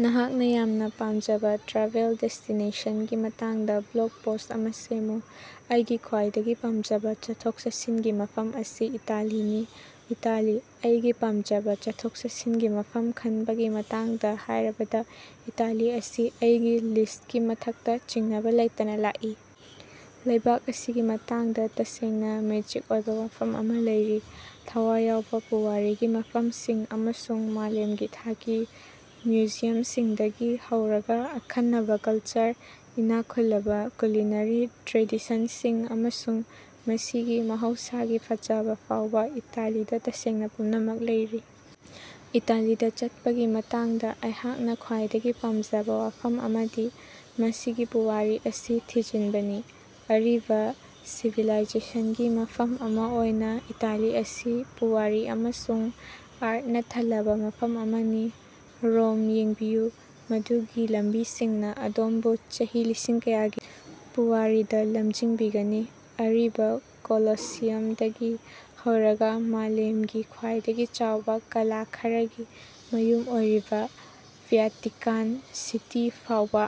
ꯅꯍꯥꯛꯅ ꯌꯥꯝꯅ ꯄꯥꯝꯖꯕ ꯇ꯭ꯔꯥꯚꯦꯜ ꯗꯦꯁ꯭ꯇꯤꯅꯦꯁꯟꯒꯤ ꯃꯇꯥꯡꯗ ꯕ꯭ꯂꯣꯒ ꯄꯣꯁ ꯑꯃ ꯁꯦꯝꯃꯨ꯫ ꯑꯩꯒꯤ ꯈ꯭ꯋꯥꯏꯗꯒꯤ ꯄꯥꯝꯖꯕ ꯆꯠꯊꯣꯛ-ꯆꯠꯁꯤꯟꯒꯤ ꯃꯐꯝ ꯑꯁꯤ ꯏꯇꯥꯂꯤꯅꯤ꯫ ꯏꯇꯥꯂꯤ: ꯑꯩꯒꯤ ꯄꯥꯝꯖꯕ ꯆꯠꯊꯣꯛ-ꯆꯠꯁꯤꯟꯒꯤ ꯃꯐꯝ ꯈꯟꯕꯒꯤ ꯃꯇꯥꯡꯗ ꯍꯥꯏꯔꯕꯗ, ꯏꯇꯥꯂꯤ ꯑꯁꯤ ꯑꯩꯒꯤ ꯂꯤꯁ꯭ꯇꯀꯤ ꯃꯊꯛꯇ ꯆꯤꯡꯅꯕ ꯂꯩꯇꯅ ꯂꯥꯛꯏ꯫ ꯂꯩꯕꯥꯛ ꯑꯁꯤꯒꯤ ꯃꯇꯥꯡꯗ ꯇꯁꯦꯡꯅ ꯃꯦꯖꯤꯛ ꯑꯣꯏꯕ ꯋꯥꯐꯝ ꯑꯃ ꯂꯩꯔꯤ꯫ ꯊꯋꯥꯏ ꯌꯥꯎꯕ ꯄꯨꯋꯥꯔꯤꯒꯤ ꯃꯐꯝꯁꯤꯡ ꯑꯃꯁꯨꯡ ꯃꯥꯂꯦꯝꯒꯤ ꯊꯥꯛꯀꯤ ꯃ꯭ꯌꯨꯖꯤꯌꯝꯁꯤꯡꯗꯒꯤ ꯍꯧꯔꯒ ꯑꯈꯟꯅꯕꯥ ꯀꯂꯆꯔ, ꯏꯅꯥꯛ ꯈꯨꯜꯂꯕ ꯀꯨꯂꯤꯅꯔꯤ ꯇ꯭ꯔꯦꯗꯤꯁꯟꯁꯤꯡ, ꯑꯃꯁꯨꯡ ꯃꯁꯤꯒꯤ ꯃꯍꯧꯁꯥꯒꯤ ꯐꯖꯕ ꯐꯥꯎꯕ ꯏꯇꯥꯂꯤꯗ ꯇꯁꯦꯡꯅ ꯄꯨꯝꯅꯃꯛ ꯂꯩꯔꯤ꯫ ꯏꯇꯥꯂꯤꯗ ꯆꯠꯄꯒꯤ ꯃꯇꯥꯡꯗ ꯑꯩꯍꯥꯛꯅ ꯈ꯭ꯋꯥꯏꯗꯒꯤ ꯄꯥꯝꯖꯕ ꯋꯥꯐꯝ ꯑꯃꯗꯤ ꯃꯁꯤꯒꯤ ꯄꯨꯋꯥꯔꯤ ꯑꯁꯤ ꯊꯤꯖꯤꯟꯕꯅꯤ꯫ ꯑꯔꯤꯕ ꯁꯤꯚꯤꯂꯥꯏꯖꯦꯁꯟꯒꯤ ꯃꯐꯝ ꯑꯃ ꯑꯣꯏꯅ ꯏꯇꯥꯂꯤ ꯑꯁꯤ ꯄꯨꯋꯥꯔꯤ ꯑꯃꯁꯨꯡ ꯑꯥꯔꯇꯅ ꯊꯜꯂꯕ ꯃꯐꯝ ꯑꯃꯅꯤ꯫ ꯔꯣꯝ ꯌꯦꯡꯕꯤꯌꯨ, ꯃꯗꯨꯒꯤ ꯂꯝꯕꯤꯁꯤꯡꯅ ꯑꯗꯣꯝꯕꯨ ꯆꯍꯤ ꯂꯤꯁꯤꯡ ꯀꯌꯥꯒꯤ ꯄꯨꯋꯥꯔꯤꯗ ꯂꯝꯖꯤꯡꯕꯤꯒꯅꯤ, ꯑꯔꯤꯕ ꯀꯣꯂꯣꯁꯤꯌꯝꯗꯒꯤ ꯍꯧꯔꯒ ꯃꯥꯂꯦꯝꯒꯤ ꯈ꯭ꯋꯥꯏꯗꯒꯤ ꯆꯥꯎꯕ ꯀꯂꯥ ꯈꯔꯒꯤ ꯃꯌꯨꯝ ꯑꯣꯏꯔꯤꯕ ꯚ꯭ꯌꯥꯇꯤꯀꯥꯟ ꯁꯤꯇꯤ ꯐꯥꯎꯕ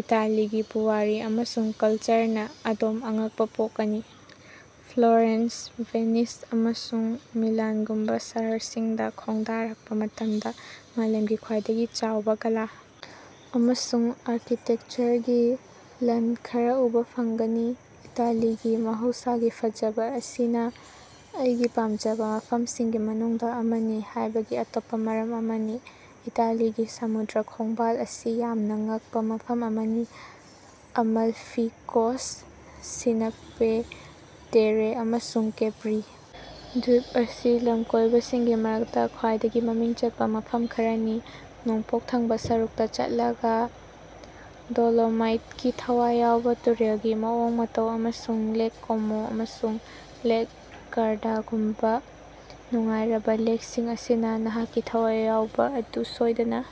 ꯏꯇꯥꯂꯤꯒꯤ ꯄꯨꯋꯥꯔꯤ ꯑꯃꯁꯨꯡ ꯀꯂꯆꯔꯅ ꯑꯗꯣꯝ ꯑꯉꯛꯄ ꯄꯣꯛꯀꯅꯤ꯫ ꯐ꯭ꯂꯣꯔꯦꯟꯁ, ꯚꯦꯅꯤꯁ, ꯑꯃꯁꯨꯡ ꯃꯤꯂꯥꯟꯒꯨꯝꯕ ꯁꯍꯔꯁꯤꯡꯗ ꯈꯣꯡꯗꯥꯔꯛꯄ ꯃꯇꯝꯗ ꯃꯥꯂꯦꯝꯒꯤ ꯈ꯭ꯋꯥꯏꯗꯒꯤ ꯆꯥꯎꯕ ꯀꯂꯥ ꯑꯃꯁꯨꯡ ꯑꯥꯔꯀꯤꯇꯦꯛꯆꯔꯒꯤ ꯂꯟ ꯈꯔ ꯎꯕ ꯐꯪꯒꯅꯤ꯫ ꯏꯇꯥꯂꯤꯒꯤ ꯃꯍꯧꯁꯥꯒꯤ ꯐꯖꯕ ꯑꯁꯤꯅ ꯑꯩꯒꯤ ꯄꯥꯝꯖꯕ ꯃꯐꯝꯁꯤꯡꯒꯤ ꯃꯅꯨꯡꯗ ꯑꯃꯅꯤ ꯍꯥꯏꯕꯒꯤ ꯑꯇꯣꯞꯄ ꯃꯔꯝ ꯑꯃꯅꯤ꯫ ꯏꯇꯥꯂꯤꯒꯤ ꯁꯃꯨꯗ꯭ꯔ ꯈꯣꯡꯕꯥꯜ ꯑꯁꯤ ꯌꯥꯝꯅ ꯉꯛꯄ ꯃꯐꯝ ꯑꯃꯅꯤ, ꯑꯃꯜꯐꯤ ꯀꯣꯁ꯭ꯠ, ꯁꯤꯅꯛꯕꯦ ꯇꯦꯔꯦ ꯑꯃꯁꯨꯡ ꯀꯦꯄ꯭ꯔꯤ ꯗ꯭ꯕꯤꯞ ꯑꯁꯤ ꯂꯝꯀꯣꯏꯕꯁꯤꯡꯒꯤ ꯃꯔꯛꯇ ꯈ꯭ꯋꯥꯏꯗꯒꯤ ꯃꯃꯤꯡ ꯆꯠꯄ ꯃꯐꯝ ꯈꯔꯅꯤ꯫ ꯅꯣꯡꯄꯣꯛ ꯊꯪꯕꯥ ꯁꯔꯨꯛꯇꯥ ꯆꯠꯂꯒꯥ ꯗꯣꯂꯣꯃꯥꯏꯠꯀꯤ ꯊꯋꯥꯏ ꯌꯥꯎꯕ ꯇꯨꯔꯦꯜꯒꯤ ꯃꯑꯣꯡ ꯃꯇꯧ ꯑꯃꯁꯨꯡ ꯂꯦꯛ ꯀꯣꯃꯣ ꯑꯃꯁꯨꯡ ꯂꯦꯛ ꯒꯥꯔꯗꯥꯒꯨꯝꯕꯥ ꯅꯨꯡꯉꯥꯏꯔꯕꯥ ꯂꯦꯛꯁꯤꯡ ꯑꯁꯤꯅ ꯅꯍꯥꯛꯀꯤ ꯊꯋꯥꯏ ꯌꯥꯎꯕ ꯑꯗꯨ ꯁꯣꯏꯗꯅ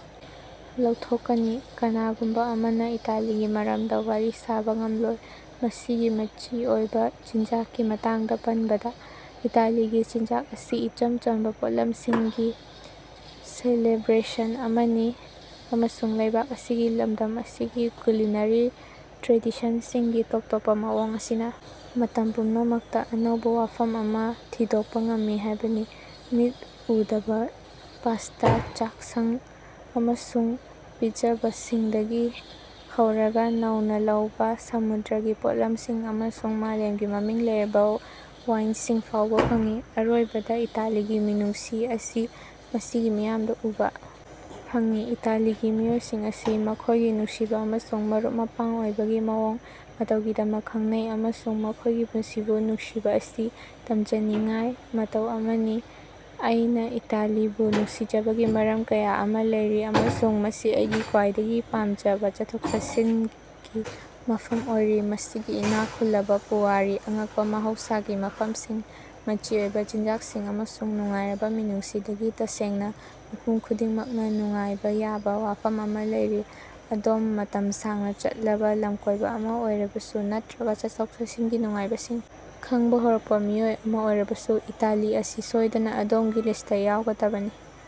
ꯂꯧꯊꯣꯛꯀꯅꯤ꯫ ꯀꯅꯥꯒꯨꯝꯕ ꯑꯃꯅ ꯏꯇꯥꯂꯤꯒꯤ ꯃꯔꯝꯗ ꯋꯥꯔꯤ ꯁꯥꯕꯥ ꯉꯝꯂꯣꯏ, ꯃꯁꯤꯒꯤ ꯃꯆꯤ ꯑꯣꯏꯕꯥ ꯆꯤꯟꯖꯥꯛꯀꯤ ꯃꯇꯥꯡꯗ ꯄꯟꯕꯗ꯫ ꯏꯇꯥꯂꯤꯒꯤ ꯆꯤꯟꯖꯥꯛ ꯑꯁꯤ ꯏꯆꯝ ꯆꯝꯕꯥ ꯄꯣꯠꯂꯝꯁꯤꯡꯒꯤ ꯁꯦꯂꯦꯕ꯭ꯔꯦꯁꯟ ꯑꯃꯅꯤ, ꯑꯃꯁꯨꯡ ꯂꯩꯕꯥꯛ ꯑꯁꯤꯒꯤ ꯂꯝꯗꯝ ꯑꯁꯤꯒꯤ ꯀꯨꯂꯤꯅꯔꯤ ꯇ꯭ꯔꯦꯗꯤꯁꯟꯁꯤꯡꯒꯤ ꯇꯣꯞ ꯇꯣꯞꯄꯥ ꯃꯑꯣꯡ ꯑꯁꯤꯅꯥ ꯃꯇꯝ ꯄꯨꯝꯅꯃꯛꯇ ꯑꯅꯧꯕ ꯋꯥꯐꯝ ꯑꯃ ꯊꯤꯗꯣꯛꯄ ꯉꯝꯃꯤ ꯍꯥꯏꯕꯅꯤ꯫ ꯃꯤꯠ ꯎꯗꯕ ꯄꯥꯁꯇꯥ ꯆꯥꯛꯁꯉ ꯑꯃꯁꯨꯡ ꯄꯤꯖꯕꯁꯤꯡꯗꯒꯤ ꯍꯧꯔꯒꯥ ꯅꯧꯅꯥ ꯂꯧꯕꯥ ꯁꯃꯨꯗ꯭ꯔꯒꯤ ꯄꯣꯠꯂꯝꯁꯤꯡ ꯑꯃꯁꯨꯡ ꯃꯥꯂꯦꯝꯒꯤ ꯃꯃꯤꯡ ꯂꯩꯔꯕ ꯋꯥꯏꯟꯁꯤꯡ ꯐꯥꯎꯕ ꯐꯪꯏ꯫ ꯑꯔꯣꯏꯕꯗ ꯏꯇꯥꯂꯤꯒꯤ ꯃꯤꯅꯨꯡꯁꯤ ꯑꯁꯤ ꯃꯁꯤꯒꯤ ꯃꯤꯌꯥꯝꯗ ꯎꯕ ꯐꯪꯏ꯫ ꯏꯇꯥꯂꯤꯒꯤ ꯃꯤꯑꯣꯏꯁꯤꯡ ꯑꯁꯤ ꯃꯈꯣꯏꯒꯤ ꯅꯨꯡꯁꯤꯕ ꯑꯃꯁꯨꯡ ꯃꯔꯨꯞ-ꯃꯄꯥꯡ ꯑꯣꯏꯕꯒꯤ ꯃꯑꯣꯡ ꯃꯇꯧꯒꯤꯗꯃꯛ ꯈꯪꯅꯩ, ꯑꯃꯁꯨꯡ ꯃꯈꯣꯏꯒꯤ ꯄꯨꯟꯁꯤꯕꯨ ꯅꯨꯡꯁꯤꯕ ꯑꯁꯤ ꯇꯝꯖꯅꯤꯐꯥꯏ ꯃꯇꯧ ꯑꯃꯅꯤ꯫ ꯑꯩꯅ ꯏꯇꯥꯂꯤꯕꯨ ꯅꯨꯡꯁꯤꯖꯕꯒꯤ ꯃꯔꯝ ꯀꯌꯥ ꯑꯃꯥ ꯂꯩꯔꯤ, ꯑꯃꯁꯨꯡ ꯃꯁꯤ ꯑꯩꯒꯤ ꯈ꯭ꯕꯥꯏꯗꯒꯤ ꯄꯥꯃꯖꯕꯥ ꯆꯠꯊꯣꯛ-ꯆꯠꯁꯤꯅꯒꯤ ꯃꯐꯝ ꯑꯣꯏꯔꯤ꯫ ꯃꯁꯤꯒꯤ ꯏꯅꯥꯛ ꯈꯨꯜꯂꯕꯥ ꯄꯨꯋꯥꯔꯤ, ꯑꯉꯛꯄ ꯃꯍꯧꯁꯥꯒꯤ ꯃꯐꯝꯁꯤꯡ, ꯃꯆꯤ ꯑꯣꯏꯕ ꯆꯤꯟꯖꯥꯛꯁꯤꯡ, ꯑꯃꯁꯨꯡ ꯅꯨꯡꯉꯥꯏꯔꯕ ꯃꯤꯅꯨꯡꯁꯤꯗꯒꯤ, ꯇꯁꯦꯡꯅꯥ ꯃꯤꯄꯨꯝ ꯈꯨꯗꯤꯡꯃꯛꯅ ꯅꯨꯡꯉꯥꯏꯕ ꯌꯥꯕ ꯋꯥꯐꯝ ꯑꯃ ꯂꯩꯔꯤ꯫ ꯑꯗꯣꯝ ꯃꯇꯝ ꯁꯥꯡꯅ ꯆꯠꯂꯕ ꯂꯝꯀꯣꯏꯕ ꯑꯃ ꯑꯣꯏꯔꯕꯁꯨ, ꯅꯠꯇ꯭ꯔꯒ ꯆꯠꯊꯣꯛ-ꯆꯠꯁꯤꯟꯒꯤ ꯅꯨꯡꯉꯥꯏꯕꯁꯤꯡ ꯈꯪꯕꯥ ꯍꯧꯔꯛꯄ ꯃꯤꯑꯣꯏ ꯑꯃ ꯑꯣꯏꯔꯕꯁꯨ, ꯏꯇꯥꯂꯤ ꯑꯁꯤ ꯁꯣꯏꯗꯅ ꯑꯗꯣꯝꯒꯤ ꯂꯤꯁꯇ ꯌꯥꯎꯒꯗꯕꯅꯤ꯫